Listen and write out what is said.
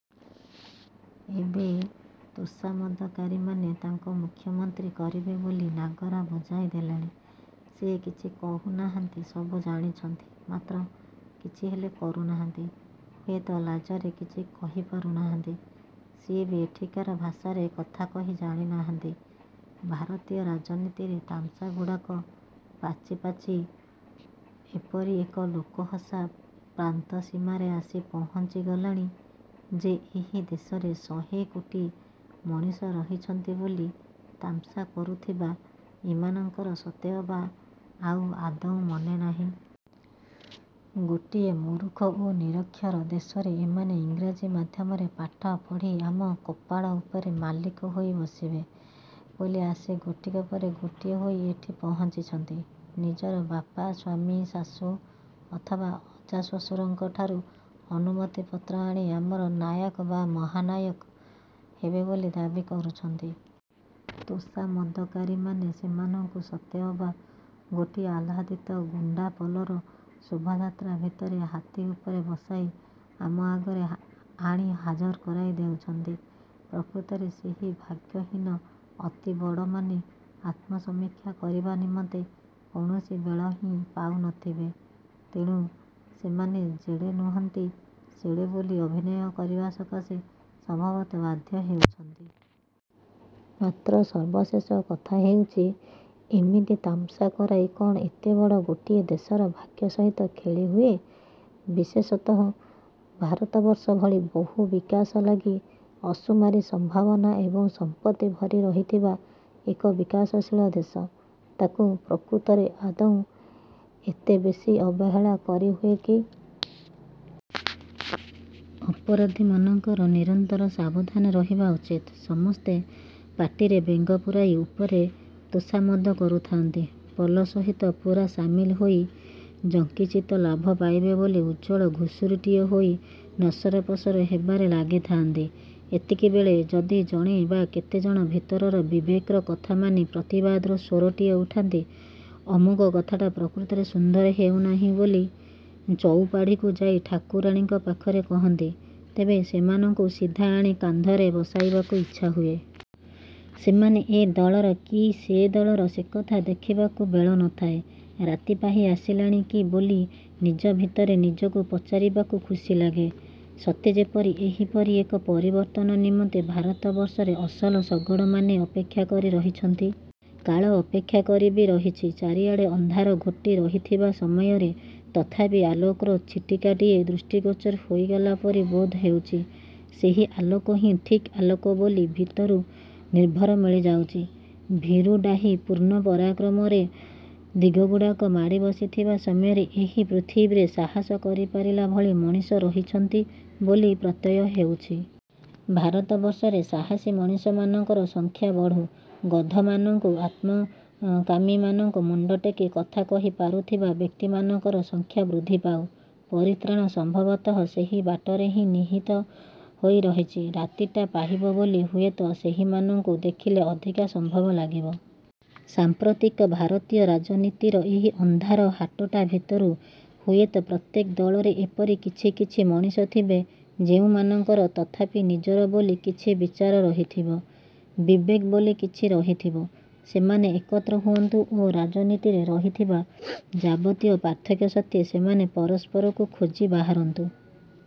ଏବେ ତୋଷାମଦକାରୀମାନେ ତାଙ୍କୁ ମୁଖ୍ୟମନ୍ତ୍ରୀ କରିବେ ବୋଲି ନାଗରା ବଜାଇ ଦେଲେଣି। ସିଏ କିଛି କହୁନାହାନ୍ତି ସବୁ ଜାଣିଛନ୍ତି ମାତ୍ର କିଛି ହେଲେ କରୁନାହାନ୍ତି ହୁଏତ ଲାଜରେ କିଛି କହିପାରୁ ନାହାନ୍ତି। ସିଏ ବି ଏଠିକାର ଭାଷାରେ କଥାକହି ଜାଣିନାହାନ୍ତି। ଭାରତୀୟ ରାଜନୀତିରେ ତାମସାଗୁଡ଼ାକ ପାଚି ପାଚି ଏପରି ଏକ ଲୋକହସା ପ୍ରାନ୍ତସୀମାରେ ଆସି ପହଞ୍ଚି ଗଲାଣି ଯେ ଏହି ଦେଶରେ ଶହେ କୋଟି ମଣିଷ ରହିଛନ୍ତି ବୋଲି ତାମସା କରୁଥିବା ଏମାନଙ୍କର ସତେ ଅବା ଆଉ ଆଦୌ ମନେନାହିଁ। ଗୋଟିଏ ମୂରୁଖ ଓ ନିରକ୍ଷର ଦେଶରେ ଏମାନେ ଇଂରାଜୀ ମାଧ୍ୟମରେ ପାଠ ପଢି ଆମ କପାଳ ଉପରେ ମାଲିକ ହୋଇ ବସିବେ ବୋଲି ଆସି ଗୋଟିକ ପରେ ଗୋଟିଏ ହୋଇ ଏଠି ପହଞ୍ଚିଛନ୍ତି। ନିଜର ବାପା, ସ୍ୱାମୀ, ଶାଶୁ ଅଥବା ଅଜାଶ୍ୱଶୁରଙ୍କଠାରୁ ଅନୁମତିପତ୍ର ଆଣି ଆମର ନାୟକ ବା ମହାନାୟକ ହେବେ ବୋଲି ଦାବି କରୁଛନ୍ତି। ତୋଷାମଦକାରୀମାନେ ସେମାନଙ୍କୁ ସତେଅବା ଗୋଟିଏ ଆହ୍ଲାଦିତ ଗୁଣ୍ଡାପଲର ଶୋଭାଯାତ୍ରା ଭିତରେ ହାତୀ ଉପରେ ବସାଇ ଆମ ଆଗରେ ଆଣି ହାଜର କରାଇ ଦେଉଛନ୍ତି। ପ୍ରକୃତରେ ସେହି ଭାଗ୍ୟହୀନ ଅତିବଡ଼ମାନେ ଆତ୍ମସମୀକ୍ଷା କରିବା ନିମନ୍ତେ କୌଣସି ବେଳ ହିଁ ପାଉନଥିବେ। ତେଣୁ ସେମାନେ ଯେଡ଼େ ନୁହନ୍ତି, ସେଡ଼େ ବୋଲି ଅଭିନୟ କରିବା ସକାଶେ ସଭାବତଃ ବାଧ୍ୟ ହେଉଛନ୍ତି। ମାତ୍ର ସର୍ବଶେଷ କଥା ହେଉଛି ଏମିତି ତାମସା କରାଇ କଣ ଏତେବଡ଼ ଗୋଟିଏ ଦେଶର ଭାଗ୍ୟ ସହିତ ଖେଳିହୁଏ? ବିଶେଷତଃ ଭାରତବର୍ଷ ଭଳି ବହୁ ବିକାଶଲାଗି ଅସୁମାରି ସମ୍ଭାବନା ଏବଂ ସମ୍ପତ୍ତି ଭରି ରହିଥିବା ଏକ ବିକାଶଶୀଳ ଦେଶ, ତାକୁ ପ୍ରକୃତରେ ଆଦୌ ଏତେବେଶୀ ଅବହେଳା କରିହୁଏ କି? ଅପରାଧୀମାନଙ୍କର ନିରନ୍ତର ସାବଧାନ ରହିବା ଉଚିତ। ସମସ୍ତେ ପାଟିରେ ବେଙ୍ଗ ପୂରାଇ ଉପରେ ତୋଷାମଦ କରୁଥାନ୍ତି, ପଲ ସହିତ ପୂରା ସାମିଲ ହୋଇ ଯତ୍କିଂଚିତ୍ ଲାଭ ପାଇବେ ବୋଲି ଉଜ୍ଜ୍ୱଳ ଘୁଷୁରିଟିଏ ହୋଇ ନସରପସର ହେବାରେ ଲାଗିଥାନ୍ତି, ଏତିକିବେଳେ ଯଦି ଜଣେ ବା କେତେଜଣ ଭିତରର ବିବେକର କଥାମାନି ପ୍ରତିବାଦର ସ୍ଵରଟିଏ ଉଠାନ୍ତି, ଅମୁକ କଥାଟା ପ୍ରକୃତରେ ସୁନ୍ଦର ହେଉନାହିଁ ବୋଲି ଚଉପାଢ଼ୀକୁ ଯାଇ ଠାକୁରାଣୀଙ୍କ ପାଖରେ କହନ୍ତି, ତେବେ ସେମାନଙ୍କୁ ସିଧାଆଣି କାନ୍ଧରେ ବସାଇବାକୁ ଇଚ୍ଛା ହୁଏ। ସେମାନେ ଏ ଦଳର କି ସେ ଦଳର ସେକଥା ଦେଖିବାକୁ ବେଳ ନଥାଏ। ରାତି ପାହି ଆସିଲାଣି କି ବୋଲି ନିଜ ଭିତରେ ନିଜକୁ ପଚାରିବାକୁ ଖୁସି ଲାଗେ। ସତେ ଯେପରି ଏହିପରି ଏକ ପରିବର୍ତ୍ତନ ନିମନ୍ତେ ଭାରତବର୍ଷରେ ଅସଲ ଶଗଡ଼ମାନେ ଅପେକ୍ଷା କରି ରହିଛନ୍ତି। କାଳ ଅପେକ୍ଷା କରି ବି ରହିଛି। ଚାରିଆଡ଼େ ଅନ୍ଧାର ଘୋଟି ରହିଥିବା ସମୟରେ ତଥାପି ଆଲୋକର ଛିଟିକାଟିଏ ଦୃଷ୍ଟିଗୋଚର ହୋଇଗଲା ପରି ବୋଧ ହେଉଛି। ସେହି ଆଲୋକ ହିଁ ଠିକ୍ ଆଲୋକ ବୋଲି ଭିତରୁ ନିର୍ଭର ମିଳିଯାଉଛି। ଭୀରୁଡାହିଁ ପୂର୍ଣ୍ଣ ପରାକ୍ରମରେ ଦିଗଗୁଡ଼ାକୁ ମାଡ଼ି ବସିଥିବା ସମୟରେ ଏହି ପୃଥିବୀରେ ସାହସ କରିପାରିଲା ଭଳି ମଣିଷ ରହିଛନ୍ତି ବୋଲି ପ୍ରତ୍ୟୟ ହେଉଛି। ଭାରତବର୍ଷରେ ସାହସୀ ମଣିଷମାନଙ୍କର ସଂଖ୍ୟା ବଢୁ । ଗଧମାନଙ୍କୁ, ଆତ୍ମକାମୀମାନଙ୍କୁ ମୁଣ୍ଡ ଟେକି କଥା କହି ପାରୁଥିବା ବ୍ୟକ୍ତିମାନଙ୍କର ସଂଖ୍ୟା ବୃଦ୍ଧି ପାଉ। ପରିତ୍ରାଣ ସମ୍ଭବତଃ ସେହି ବାଟରେ ହିଁ ନିହିତ ହୋଇ ରହିଛି। ରାତିଟା ପାହିବ ବୋଲି ହୁଏତ ସେହିମାନଙ୍କୁ ଦେଖିଲେ ଅଧିକ ସମ୍ଭବ ଲାଗିବ। ସାଂପ୍ରତିକ ଭାରତୀୟ ରାଜନୀତିର ଏହି ଅନ୍ଧାର ହାଟଟା ଭିତରେ ହୁଏତ ପ୍ରତ୍ୟେକ ଦଳରେ ଏପରି କିଛି କିଛି ମଣିଷ ଥିବେ ଯେଉଁମାନଙ୍କର ତଥାପି ନିଜର ବୋଲି କିଛି ବିଚାର ରହିଥିବ, ବିବେକ ବୋଲି କିଛି ରହିଥିବ। ସେମାନେ ଏକତ୍ର ହୁଅନ୍ତୁ ଓ ରାଜନୀତିରେ ରହିଥିବା ଯାବତୀୟ ପାର୍ଥକ୍ୟ ସତ୍ତ୍ୱେ ସେମାନେ ପରସ୍ପରକୁ ଖୋଜି ବାହାରନ୍ତୁ ।